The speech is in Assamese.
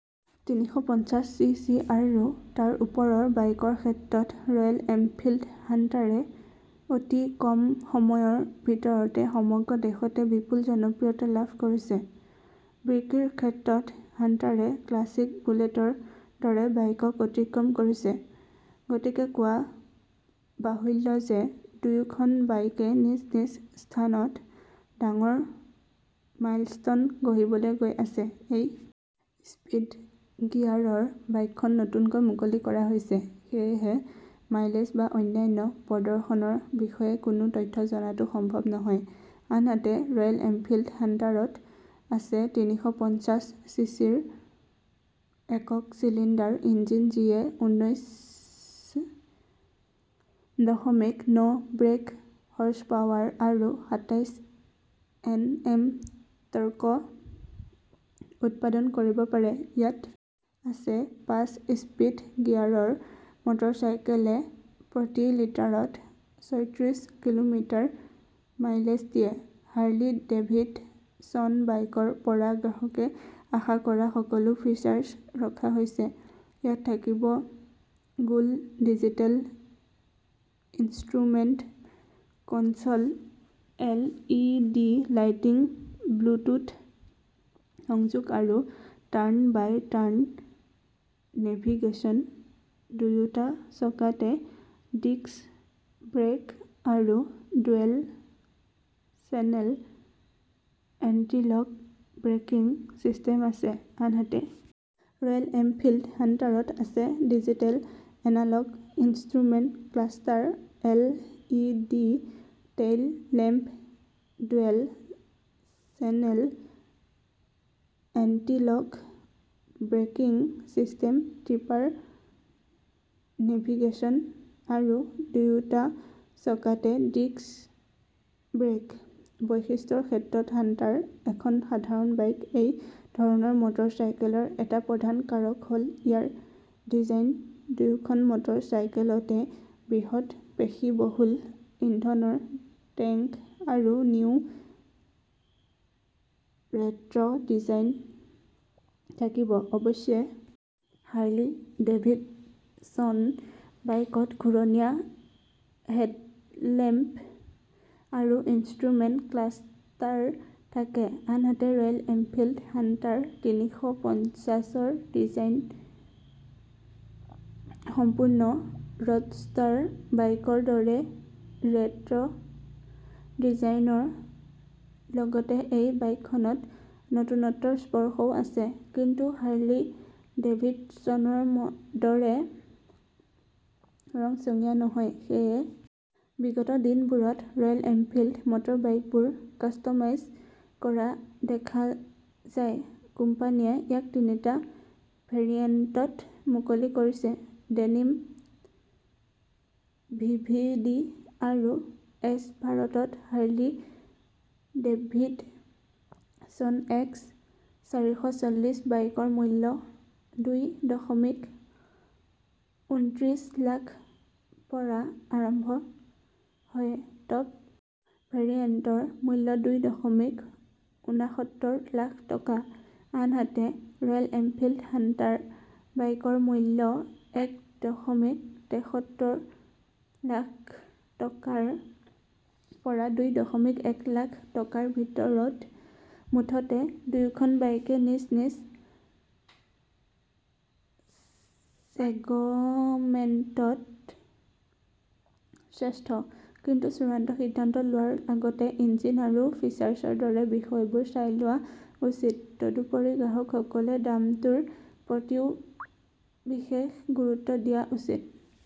তিনিশ পঞ্চাছ চিচি আৰু তাৰ ওপৰৰ বাইকৰ ক্ষেত্ৰত ৰয়েল এনফিল্ড হাণ্টাৰে অতি কম সময়ৰ ভিতৰতে সমগ্ৰ দেশতে বিপুল জনপ্ৰিয়তা লাভ কৰিছে। বিক্ৰীৰ ক্ষেত্ৰত হাণ্টাৰে ক্লাছিক বুলেটৰ দৰে বাইকক অতিক্ৰম কৰিছে। গতিকে কোৱা বাহুল্য যে দুয়োখন বাইকে নিজ নিজ স্থানত ডাঙৰ মাইলষ্টন গঢ়িবলৈ গৈ আছে। এই স্পীড গিয়াৰৰ বাইকখন নতুনকৈ মুকলি কৰা হৈছে ।সেয়েহে মাইলেজ বা অন্যান্য প্ৰদৰ্শনৰ বিষয়ে কোনো তথ্য জনাটো সম্ভৱ নহয়। আনহাতে ৰয়েল এনফিল্ড হাণ্টাৰত আছে তিনিশ পঞ্চাছ চিচিৰ একক চিলিণ্ডাৰ ইঞ্জিন যিয়ে ঊনৈশ দশমিক ন ব্ৰেক হৰ্চপাৱাৰ আৰু সাতাইছ এন এম টৰ্ক উৎপাদন কৰিব পাৰে। ইয়াত আছে পাঁচ স্পীড গিয়াৰৰ মটৰ চাইকেলে প্ৰতি লিটাৰত ছয়ত্ৰিছ কিলোমিটাৰ মাইলেজ দিয়ে। হাৰ্লি ডেভিড ছন বাইকৰ পৰা গ্ৰাহকে আশা কৰা সকলো ফিচাৰ্ছ ৰখা হৈছে। ইয়াত থাকিব গোল digital instrument console L E D lighting Bluetooth সংযোগ আৰু টাৰ্ণ বাই টাৰ্ণ নেভিগেচন ,দুয়োটা চকাতে ডিস্ক ব্ৰেক আৰু dual channel antilock braking system আছে। আনহাতে ৰয়েল এনফিল্ড হাণ্টাৰত আছে digital analogue instrument cluster L E D tail lamp dual channel antilock braking system tripper navigation আৰু দুয়োটা চকাতে ডিস্ক ব্ৰেক। বৈশিষ্ট্যৰ ক্ষেত্ৰত হাণ্টাৰ এখন সাধাৰণ বাইকএই ধৰণৰ মটৰ চাইকেলৰ এটা প্ৰধান কাৰক হল ইয়াৰ ডিজাইন দুয়োখন মটৰ চাইকেলতে বৃহৎ পেশীবহুল ইন্ধনৰ টেংক আৰু নিও ৰেট্ৰ ডিজাইন থাকিব। অৱশ্যে হাৰ্লি ডেভিড ছন বাইকত ঘূৰণীয়া হেডলেম্প আৰু ইনষ্ট্ৰুমেণ্ট ক্লাষ্টাৰ থাকে। আনহাতে ৰয়েল এনফিল্ড হাণ্টাৰ তিনিশ পঞ্চাছৰ ডিজাইন সম্পূৰ্ণ ৰডষ্টাৰ বাইকৰ দৰে ৰেট্ৰ ডিজাইনৰ লগতে এই বাইকখনত নতুনত্বৰ স্পৰ্শও আছে। কিন্তু হাৰ্লি ডেভিড ছনৰ দৰে ৰঙচঙীয়া নহয়। সেয়ে বিগত দিনবোৰত ৰয়েল এনফিল্ড মটৰবাইকবোৰ কাষ্টমাইজ কৰা দেখা যায়। কোম্পানীয়ে ইয়াক তিনিটা ভেৰিয়েন্টত মুকলি কৰিছে। ডেনিম ভিভিড আৰু এছভাৰতত হাৰ্লি ডেভিড ছন এক্স চাৰিশ চল্লিছ বাইকৰ মূল্য দুই দশমিক উনত্ৰিছ লাখ পৰা আৰম্ভ হয়। টপ ভেৰিয়েন্টৰ মূল্য দুই দশমিক উনাসত্তৰ লাখ টকা। আনহাতে ৰয়েল এনফিল্ড হাণ্টাৰ বাইকৰ মূল্য এক দশমিক তেসত্তৰ লাখ টকাৰ পৰা দুই দশমিক এক লাখ টকাৰ ভিতৰত মুঠতে দুয়োখন বাইকে নিজ-নিজ ছেগমেণ্টত শ্ৰেষ্ঠ। কিন্তু চূড়ান্ত সিদ্ধান্ত লোৱাৰ আগতে ইঞ্জিন আৰু ফিচাৰ্ছৰ দৰে বিষয়বোৰ চাই লোৱা উচিত। তদুপৰি গ্ৰাহকসকলে দামটোৰ প্ৰতিও বিশেষ গুৰুত্ব দিয়া উচিত।